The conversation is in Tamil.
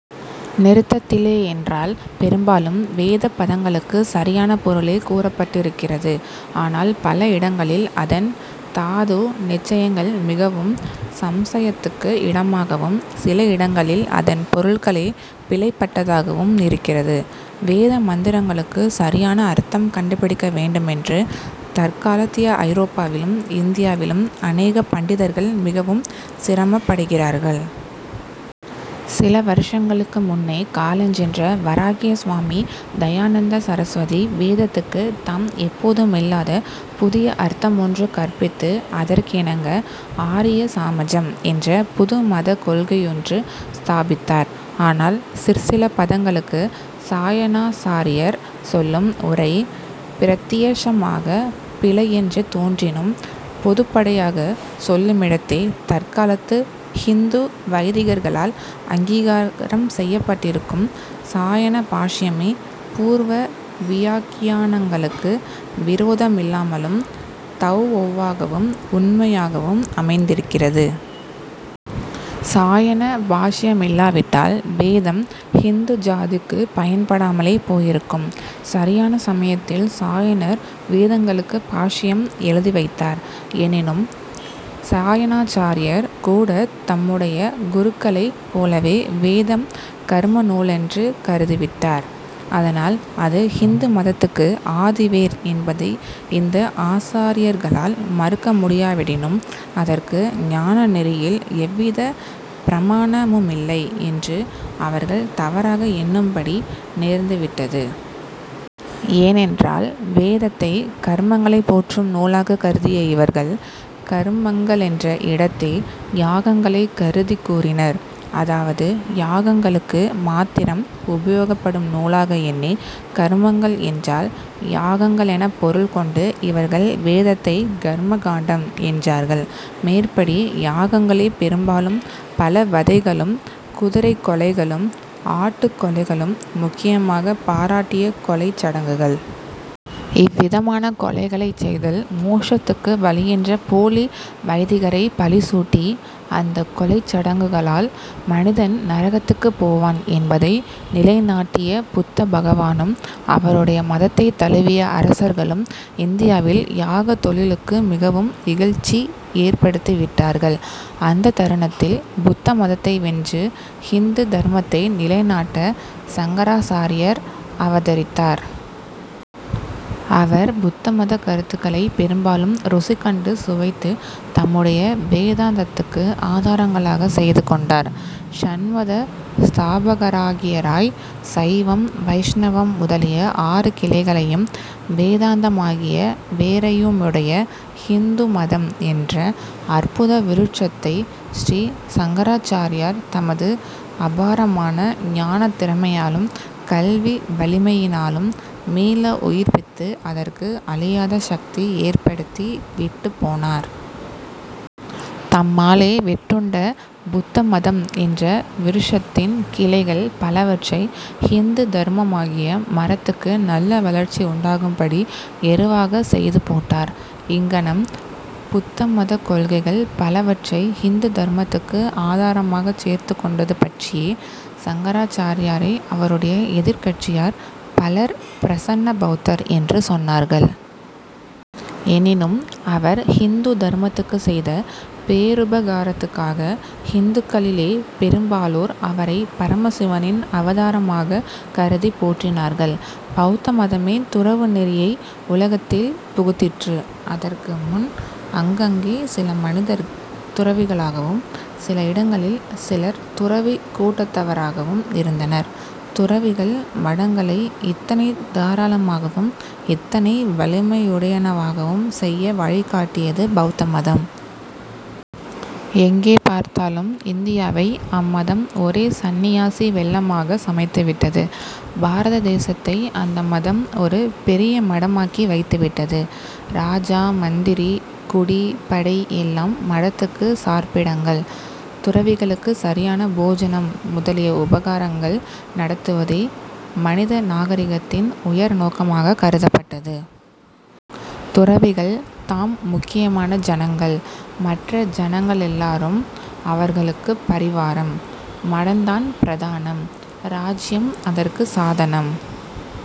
நிருத்தத்திலே என்றால் பெரும்பாலும் வேதப் பதங்களுக்குச் சரியான பொருளே கூறப்பட்டிருக்கிறது. ஆனால், பல இடங்களில் அதன் தாது நிச்சயங்கள் மிகவும் சம்சயத்துக்கு இடமாகவும் சில இடங்களில் அதன் பொருள்களே பிழைபட்டதாகவும் இருக்கிறது. வேத மந்திரங்களுக்குச் சரியான அர்த்தம் கண்டுபிடிக்க வேண்டுமென்று தற்காலத்திய ஐரோப்பாவிலும் இந்தியாவிலும் அநேக பண்டிதர்கள் மிகவும் சிரமப்படுகிறார்கள். சில வருஷங்களுக்கு முன்னே காலஞ்சென்ற வராகிய சுவாமி தயாநந்த சரஸ்வதி வேதத்துக்கு தாம் எப்போதுமில்லாத புதிய அர்த்தமொன்று கற்பித்து அதற்கிணங்க ஆரிய சாமஜம்' என்ற புது மதக் கொள்கையொன்று ஸ்தாபித்தார். ஆனால், சிற்சில பதங்களுக்கு சாயணாசாரியர் சொல்லும் உரை பிரத்தியக்ஷமாகப் பிழையென்று தோன்றினும், பொதுப்படையாகச் சொல்லுமிடத்தே தற்காலத்து ஹிந்து வைதிகர்களால் அங்கீகாரம் செய்யப்பட்டிருக்கும் சாயணபாஷ்யமே பூர்வ வியாக்கியானங்களுக்கு விரோதமில்லாமலும், தௌஒவாகவும், உண்மையாகவும் அமைந்திருக்கிறது. சாயண பாஷ்யமில்லாவிட்டால், வேதம் ஹிந்து ஜாதிக்குப் பயன்படாமலே போயிருக்கும். சரியான சமயத்தில் சாயணர் வேதங்களுக்கு பாஷ்யம் எழுதி வைத்தார். எனினும், சாயணாச்சாரியர் கூடத் தம்முடைய குருக்களைப் போலவே வேதம் கர்ம நூலென்று கருதிவிட்டார். அதனால் அது ஹிந்து மதத்துக்கு ஆதிவேர் என்பதை இந்த ஆசாரியர்களால் மறுக்க முடியாவிடினும், அதற்கு ஞானநெறியில் எவ்விதப் பிரமாணமுமில்லை யென்று அவர்கள் தவறாக எண்ணும்படி நேர்ந்து விட்டது. ஏனென்றால், வேதத்தைக் கர்மங்களைப் போற்றும் நூலாகக் கருதிய இவர்கள் கர்மங்களென்ற இடத்தே யாகங்களைக் கருதிக் கூறினர். அதாவது, யாகங்களுக்கு மாத்திரம் உபயோகப்படும் நூலாக எண்ணி, கர்மங்கள் என்றால் யாகங்களெனப் பொருள் கொண்டு இவர்கள் வேதத்தைக் கர்ம காண்டம் என்றார்கள். மேற்படி யாகங்களே பெரும்பாலும் பல வதைகளும், குதிரைக் கொலைகளும், ஆட்டுக் கொலைகளும் முக்கியமாகப் பாராட்டிய கொலைச் சடங்குகள். இவ்விதமான கொலைகளைச் செய்தல் மோக்ஷத்துக்கு வழியென்ற போலி வைதிகரைப் பழிசூட்டி, அந்தக் கொலைச் சடங்குளால் மனிதன் நரகத்துக்குப் போவான் என்பதை நிலை நாட்டிய புத்த பகவானும், அவருடைய மதத்தைத் தழுவிய அரசர்களும் இந்தியாவில் யாகத் தொழிலுக்கு மிகவும் இகழ்ச்சி ஏற்படுத்திவிட்டார்கள். அந்தத் தருணத்தில் புத்த மதத்தை வென்று ஹிந்து தர்மத்தை நிலை நாட்ட சங்கராசாரியர் அவதரித்தார். அவர் புத்தமதக் கருத்துக்களைப் பெரும்பாலும் ருசி கண்டு சுவைத்துத் தம்முடைய வேதாந்தத்துக்கு ஆதாரங்களாகச் செய்து கொண்டார். ஷண்மத ஸ்தாபகராகியராய், சைவம், வைஷ்ணவம் முதலிய ஆறு கிளைகளையும் வேதாந்தமாகிய வேரையுமுடைய ஹிந்து மதம் என்ற அற்புத விருட்சத்தை ஸ்ரீ சங்கராச்சாரியார் தமது அபாரமான ஞானத் திறமையாலும் கல்வி வலிமையினாலும் மீள உயிர்ப்பித்து அதற்கு அழியாத சக்தி ஏற்படுத்தி விட்டுப் போனார். தம்மாலே வெட்டுண்ட புத்த மதம் என்ற விருக்ஷத்தின் கிளைகள் பலவற்றை ஹிந்து தர்மமாகிய மரத்துக்கு நல்ல வளர்ச்சி உண்டாகும்படி எருவாகச் செய்து போட்டார். இங்ஙனம் புத்த மதக் கொள்கைகள் பலவற்றை ஹிந்து தர்மத்துக்கு ஆதரமாகச் சேர்த்துக்கொண்டது பற்றியே, சங்கராச்சாரியாரை அவருடைய எதிர்க்கட்சியார் பலர் 'பிரசன்ன பௌத்தர்' என்று சொன்னார்கள். எனினும் அவர் ஹிந்து தர்மத்துக்குச் செய்த பேருபகாரத்துக்காக ஹிந்துக்களிலே பெரும்பாலோர் அவரைப் பரமசிவனின் அவதாரமாகக் கருதிப் போற்றினார்கள். பௌத்த மதமே துறவு நெறியை உலகத்தில் புகுத்திற்று. அதற்கு முன் அங்கங்கே சில மனிதர் துறவிகளாகவும் சில இடங்களில் சிலர் துறவிக் கூட்டத்தவராகவும் இருந்தனர். துறவிகள் மடங்களை இத்தனை தாராளமாகவும் இத்தனை வலிமையுடையனவாகவும் செய்ய வழி காட்டியது பௌத்த மதம். எங்கே பார்த்தாலும் இந்தியாவை அம்மதம் ஒரே சந்நியாசி வெள்ளமாகச் சமைத்துவிட்டது. பாரத தேசத்தை அந்த மதம் ஒரு பெரிய மடமாக்கி வைத்துவிட்டது. ராஜா, மந்திரி, குடி, படை எல்லாம் மடத்துக்குச் சார்பிடங்கள். துறவிகளுக்குச் சரியான போஜனம் முதலிய உபகாரங்கள் நடத்துவதே மனித நாகரிகத்தின் உயர் நோக்கமாக கருதப்பட்டது. துறவிகள் தாம் முக்கியமான ஜனங்கள்! மற்ற ஜனங்களெல்லாரும் அவர்களுக்குப் பரிவாரம்! மடந்தான் பிரதானம். ராஜ்யம் அதற்குச் சாதனம்.